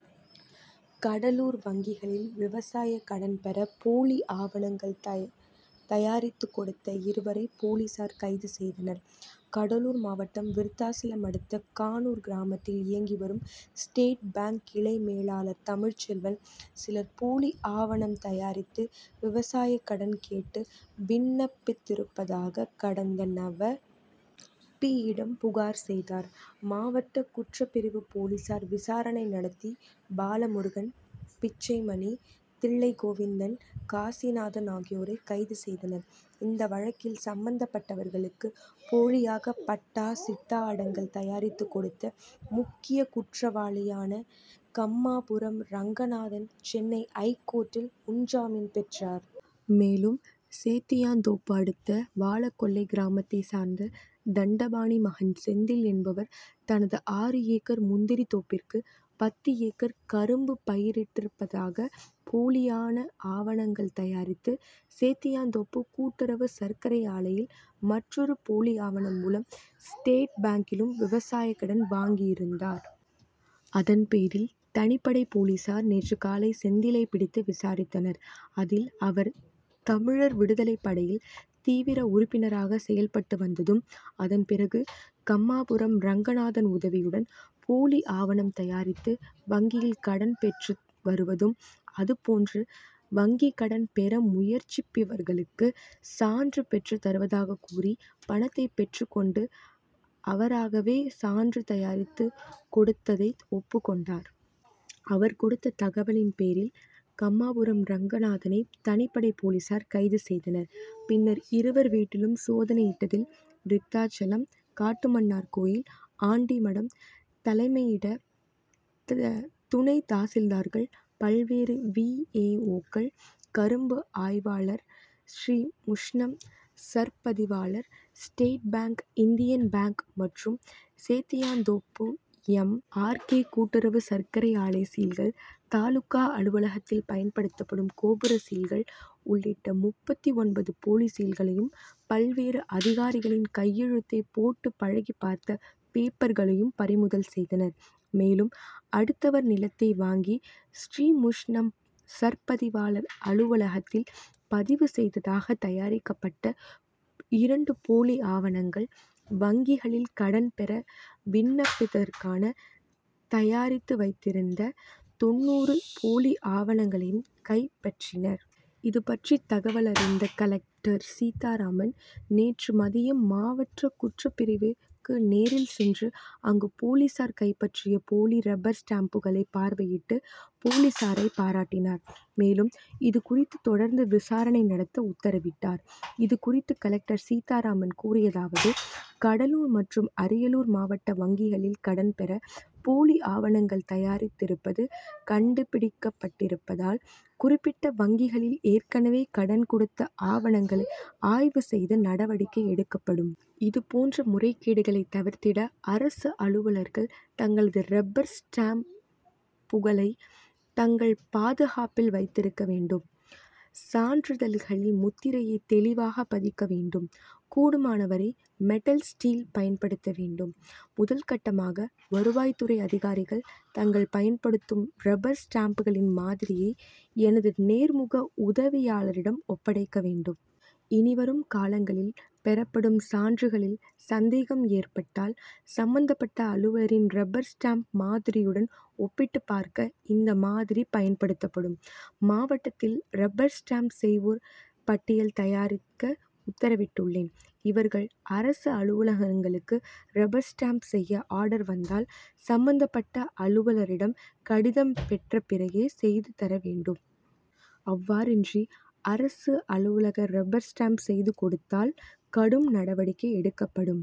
கடலூர் வங்கிகளில் விவசாய கடன் பெற போலி ஆவணங்கள் தயாரித்து கொடுத்த இருவரை போலீசார் கைது செய்தனர். கடலூர் மாவட்டம் விருத்தாசலம் அடுத்த கானூர் கிராமத்தில் இயங்கி வரும் ஸ்டேட் பாங்க் கிளை மேலாளர் தமிழ்ச்செல்வன், சிலர் போலி ஆவணம் தயாரித்து விவசாய கடன் கேட்டு விண்ணப்பித்திருப்பதாக கடந்த நவ. பி.,யிடம் புகார் செய்தார். மாவட்ட குற்றப் பிரிவு போலீசார் விசாரணை நடத்தி பாலமுருகன், பிச்சைமணி, தில்லைகோவிந்தன், காசிநாதன் ஆகியோரை கைது செய்தனர். இந்த வழக்கில் சம்மந் தப்பட்டவர்களுக்கு போலியாக பட்டா, சிட்டா, அடங்கல் தயாரித்து கொடுத்த முக்கிய குற்றவாளியான கம்மாபுரம் ரங்கநாதன் சென்னை ஐகோர்ட்டில் முன்ஜாமீன் பெற்றார். மேலும், சேத்தியாத்தோப்பு அடுத்த வாழக்கொல்லை கிராமத்தைச் சேர்ந்த தண்டபாணி மகன் செந்தில் என்பவர் தனது ஆறு ஏக்கர் முந்திரி தோப்பிற்கு பத்து ஏக்கர் கரும்பு பயிரிட்டிருப்பதாக போலியாக ஆவணங்கள் தயாரித்து சேத்தியாத்தோப்பு கூட்டுறவு சர்க் கரை ஆலையிலும், மற்றொரு போலி ஆவணம் மூலம் ஸ்டேட் பாங்கிலும் விவசாய கடன் வாங்கியிருந்தார். அதன்பேரில் தனிப்படை போலீசார், நேற்று காலை செந்திலை பிடித்து விசாரித்தனர். அதில் அவர் தமிழர் விடுதலை படையில் தீவிர உறுப்பினராக செயல்பட்டு வந்ததும், அதன்பிறகு கம்மாபுரம் ரங்கநாதன் உதவியுடன் போலி ஆவணம் தயாரித்து வங்கியில் கடன் பெற்று வருவதும், அதேபோன்று வங்கி கடன் பெற முயற்சிப்பவர்களுக்கு சான்றுகள் பெற்றுத் தருவதாக கூறி பணத்தை பெற்றுக் கொண்டு அவராகவே சான்றுகள் தயாரித்து கொடுத்ததை ஒப்புக் கொண்டார். அவர் கொடுத்த தகவலின் பேரில் கம்மாபுரம் ரங்கநாதனை தனிப்படை போலீசார் கைது செய்தனர். பின்னர் இருவர் வீட்டிலும் சோதனையிட்டதில் விருத்தாசலம், காட்டுமன்னார்கோவில், ஆண்டிமடம் தலைமையிட துணை தாசில்தார்கள், பல்வேறு வி. ஏ. ஓ.,க்கள், கரும்பு ஆய்வாளர், ஸ்ரீமுஷ்ணம் சார்பதிவாளர், ஸ்டேட் பாங்க், இந்தியன் பாங்க் மற்றும் சேத்தியாத்தோப்பு எம். ஆர். கே. கூட்டுறவு சர்க்கரை ஆலை சீல்கள், தாலுகா அலுவலகத்தில் பயன் படுத்தப்படும் கோபுர சீல் உள்ளிட்ட முப்பத்து ஒன்பது போலி சீல்களையும், பல்வேறு அதிகாரிகளின் கையெழுத்தை போட்டு பழகி பார்த்த பேப்பர் களையும் பறிமுதல் செய்தனர். மேலும், அடுத்தவர் நிலத்தை வாங்கி ஸ்ரீமுஷ்ணம் சார்பதிவாளர் அலுவலகத்தில் பதிவு செய்ததாக தயாரிக்கப் பட்ட இரண்டு போலி ஆவணங்கள், வங்கிகளில் கடன் பெற விண்ணப்பிப் பதற்காக தயாரித்து வைத்திருந்த தொண்ணூறு போலி ஆவணங்களையும் கைப்பற்றினர். இதுபற்றி தகவலறிந்த கலெக்டர் சீத்தாராமன், நேற்று மதியம் மாவட்ட குற்றப் பிரிவிற்கு நேரில் சென்று அங்கு போலீசார் கைப்பற்றிய போலி ரப்பர் ஸ்டாம்புகளை பார்வையிட்டு போலீசாரை பாராட்டினார். மேலும், இதுகுறித்து தொடர்ந்து விசாரணை நடத்த உத்தரவிட்டார். இது குறித்து கலெக்டர் சீத்தாராமன் கூறியதாவது கடலூர் மற்றும் அரியலூர் மாவட்ட வங்கிகளில் கடன் பெற போலி ஆவணங்கள் தயாரித்திருப்பது கண்டுபிடித்திருப்பதால், குறிப்பிட்ட வங்கிகளில் ஏற்கனவே கடன் கொடுத்த ஆவணங்கள் ஆய்வு செய்து நடவடிக்கை எடுக்கப்படும். இதுபோன்ற முறைகேடுகளை தவிர்த்திட அரசு அலுவலர்கள் தங்களது ரப்பர் ஸ்டாம் புகளை தங்கள் பாதுகாப்பில் வைத்திருக்க வேண்டும். சான்றிதழ்களில் முத்திரையை தெளிவாக பதிக்க வேண்டும். கூடுமானவரை மெட்டல் சீல்' பயன்படுத்த வேண்டும். முதல்கட்டமாக வருவாய்த் துறை அதிகாரிகள் தாங்கள் பயன்படுத்தும் ரப்பர் ஸ்டாம்புகளின் மாதிரியை எனது நேர் முக உதவியாளரிடம் ஒப்படைக்க வேண்டும். இனி வரும் காலங்களில் பெறப்படும் சான்றுகளில் சந்தேகம் ஏற்பட்டால் சம்மந்தப்பட்ட அலுவலரின் ரப்பர் ஸ்டாம்ப் மாதிரியுடன் ஒப்பிட்டு பார்க்க இந்த மாதிரி பயன்படுத்தப்படும். மாவட்டத்தில் ரப்பர் ஸ்டாம்ப் செய்வோர் பட்டியல் தயாரிக்க உத்தரவிட்டுள்ளேன். இவர்கள் அரசு அலுவலகங்களுக்கு ரப்பர் ஸ்டாம்ப் செய்ய ஆர்டர் வந்தால், சம்மந்தப் பட்ட அலுவலரிடம் கடிதம் பெற்ற பிறகே செய்து தர வேண்டும். அவ்வாறு இன்றி அரசு அலுவலக ரப்பர் ஸ்டாம்ப் செய்து கொடுத்தால் கடும் நடவடிக்கை எடுக்கப்படும்.